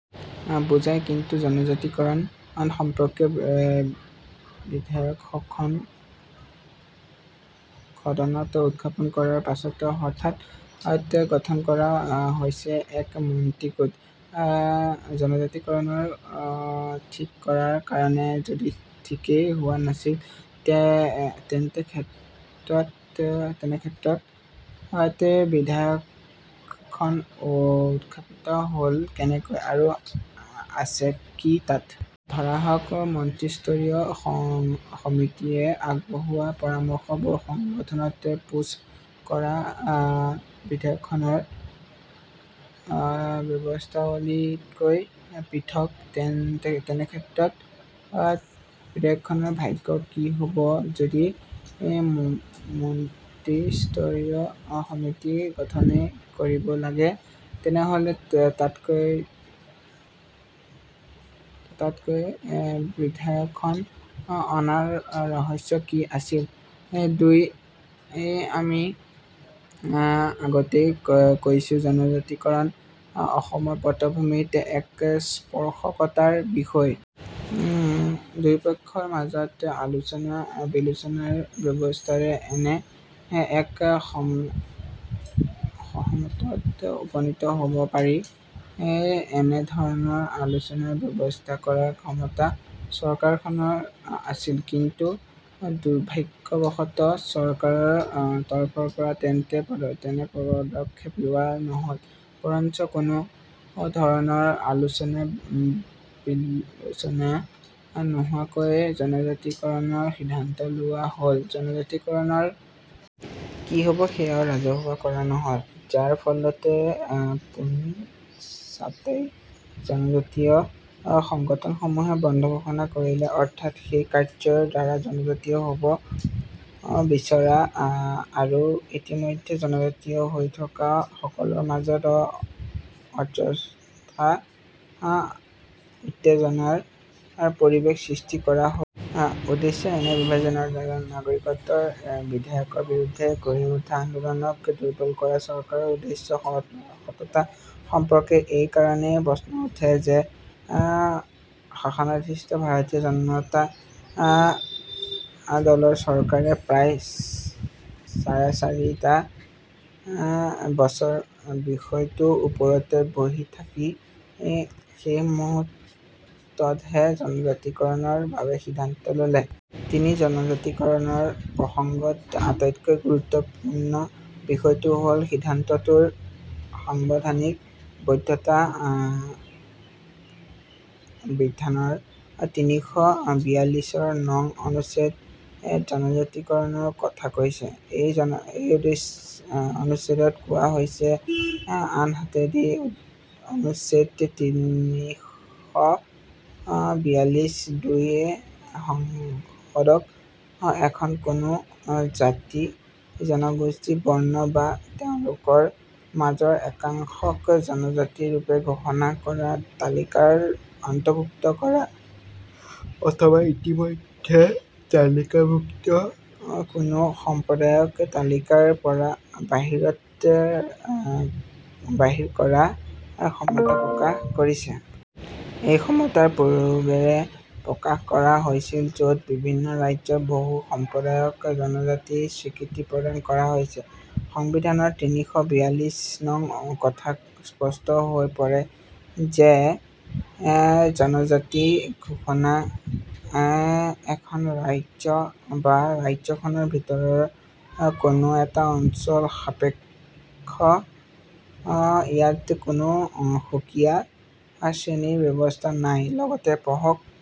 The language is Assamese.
বুজায় কিন্তু জনজাতিকৰণ সম্পৰ্কীয় বিধেয়কখন সংসদত উত্থাপন কৰাৰ পাছত হঠাৎ গঠন কৰা হৈছে এক মন্ত্ৰী গোট ।জনজাতিকৰণৰ ঠিক কৰাৰ কাৰণে যদি ঠিকেই হোৱা নাছিল তেনেক্ষেত্ৰত বিধেয়কখন উত্থাপিত হল কেনেকৈ আৰু আছে কি তাত! ধৰা হওক মন্ত্ৰীস্তৰীয় সমিতিয়ে আগবঢ়োৱা পৰামৰ্শবোৰ সংসদত পেচ কৰা বিধেয়কখনৰ ব্যৱস্থাৱলীতকৈ পৃথক, তেনেক্ষেত্ৰত বিধেয়কখনৰ ভাগ্য কি হব যদি মন্ত্ৰীস্তৰীয় সমিতি গঠনেই কৰিব লাগে। তেনেহলে ততাতৈয়াকৈ বিধেয়কখন অনাৰ ৰহস্য কি আছিল? দুই - আমি আগতেই কৈছোঁ জনজাতিকৰণ অসমৰ পটভূমিত এক স্পৰ্শকাতৰ বিষয়। দুয়োপক্ষৰ মাজত আলোচনা বিলোচনাৰ ব্যৱস্থাৰে তেনে এক সহমতত উপনীত হ'ব পাৰি। এনেধৰণৰ আলোচনাৰ ব্যৱস্থা কৰাৰ ক্ষমতা চৰকাৰখনৰ আছিল কিন্তু দুৰ্ভাগ্যবশতঃ চৰকাৰৰ তৰফৰপৰা তেনে পদক্ষেপ লোৱা নহ'ল, বৰঞ্চ কোনো ধৰণৰ আলোচনা বিলোচনা নোহোৱাকৈয়ে জনজাতিকৰণৰ সিদ্ধান্ত লোৱা হ'ল। জনজাতিকৰণৰ কি হব সেয়াও ৰাজহুৱা কৰা নহ'ল, যাৰ ফলত পোনচাটেই জনজাতীয় সংগঠনসমূহে বন্ধ ঘোষণা কৰিলে। অৰ্থাৎ, এই কাৰ্য্যৰ দ্বাৰা জনজাতীয় হব বিচৰা আৰু ইতিমধ্যেই জনজাতি হৈ থকা সকলৰ মাজত অযথা উত্তেজনাৰ পৰিৱেশ সৃষ্টি কৰা হ উদ্দেশ্য এনে বিভাজনৰ দ্বাৰা নাগৰিকত্ব বিধেয়কৰ বিৰুদ্ধে গঢ়ি উঠা আন্দোলনক দুৰ্বল কৰা চৰকাৰৰ উদ্দেশ্যৰ সততা সম্পৰ্কে এই কাৰণেই প্ৰশ্ন উঠে যে শাসনাধিষ্ঠ ভাৰতীয় জনতা দলৰ চৰকাৰে প্ৰায় চাৰে চাৰিটা বছৰ বিষয়টোৰ ওপৰত বহি থাকি শেষমুহূৰ্ততহে জনজাতিকৰণৰ বাবে সিদ্ধান্ত ল'লে। তিনি - জনজাতিকৰণৰ প্ৰসংগত আটাইতকৈ গুৰুত্বপূৰ্ণ বিষয়টো হল সিদ্ধান্তটোৰ ।সাংবিধানিক বৈধতা সংবিধানৰ তিনিশ বিয়াল্লিছৰ নং অনুচ্ছেদে জনজাতিকৰণৰ কথা কৈছে । এই অনুচ্ছেদত কোৱা হৈছে আনহাতেদি অনুচ্ছেদ তিনিশ বিয়াল্লিছ দুই এ সংসদক এখন কোনো জাতি জনগোষ্ঠী বৰ্ণ বা তেওঁলোকৰ মাজৰ একাংশক জনজাতি ৰূপে ঘোষণা কৰা তালিকাৰ অন্তৰ্ভুক্ত কৰা অথবা ইতিমধ্যে তালিকাভুক্ত কোনো সম্প্ৰদায়ক তালিকাৰ পৰা বাহিৰ কৰাৰ ক্ষমতা প্ৰকাশ কৰিছে। এই ক্ষমতাৰ প্ৰয়োগেৰে প্ৰকাশ কৰা হৈছিল য'ত বিভিন্ন ৰাজ্যৰ বহু সম্প্ৰদায়ক জনজাতি স্বীকৃতি প্ৰদান কৰা হৈছে। সংবিধানৰ তিনিশ বিয়াল্লিছ নং কথা স্পষ্ট হৈ পৰে যে জনজাতি ঘোষণা এখন ৰাজ্য বা ৰাজ্যখনৰ ভিতৰৰ কোনো এটা অঞ্চল সাপেক্ষ ইয়াত কোনো সুকীয়া শ্ৰেণী ব্যৱস্থা নাই। লগতে পঢ়ক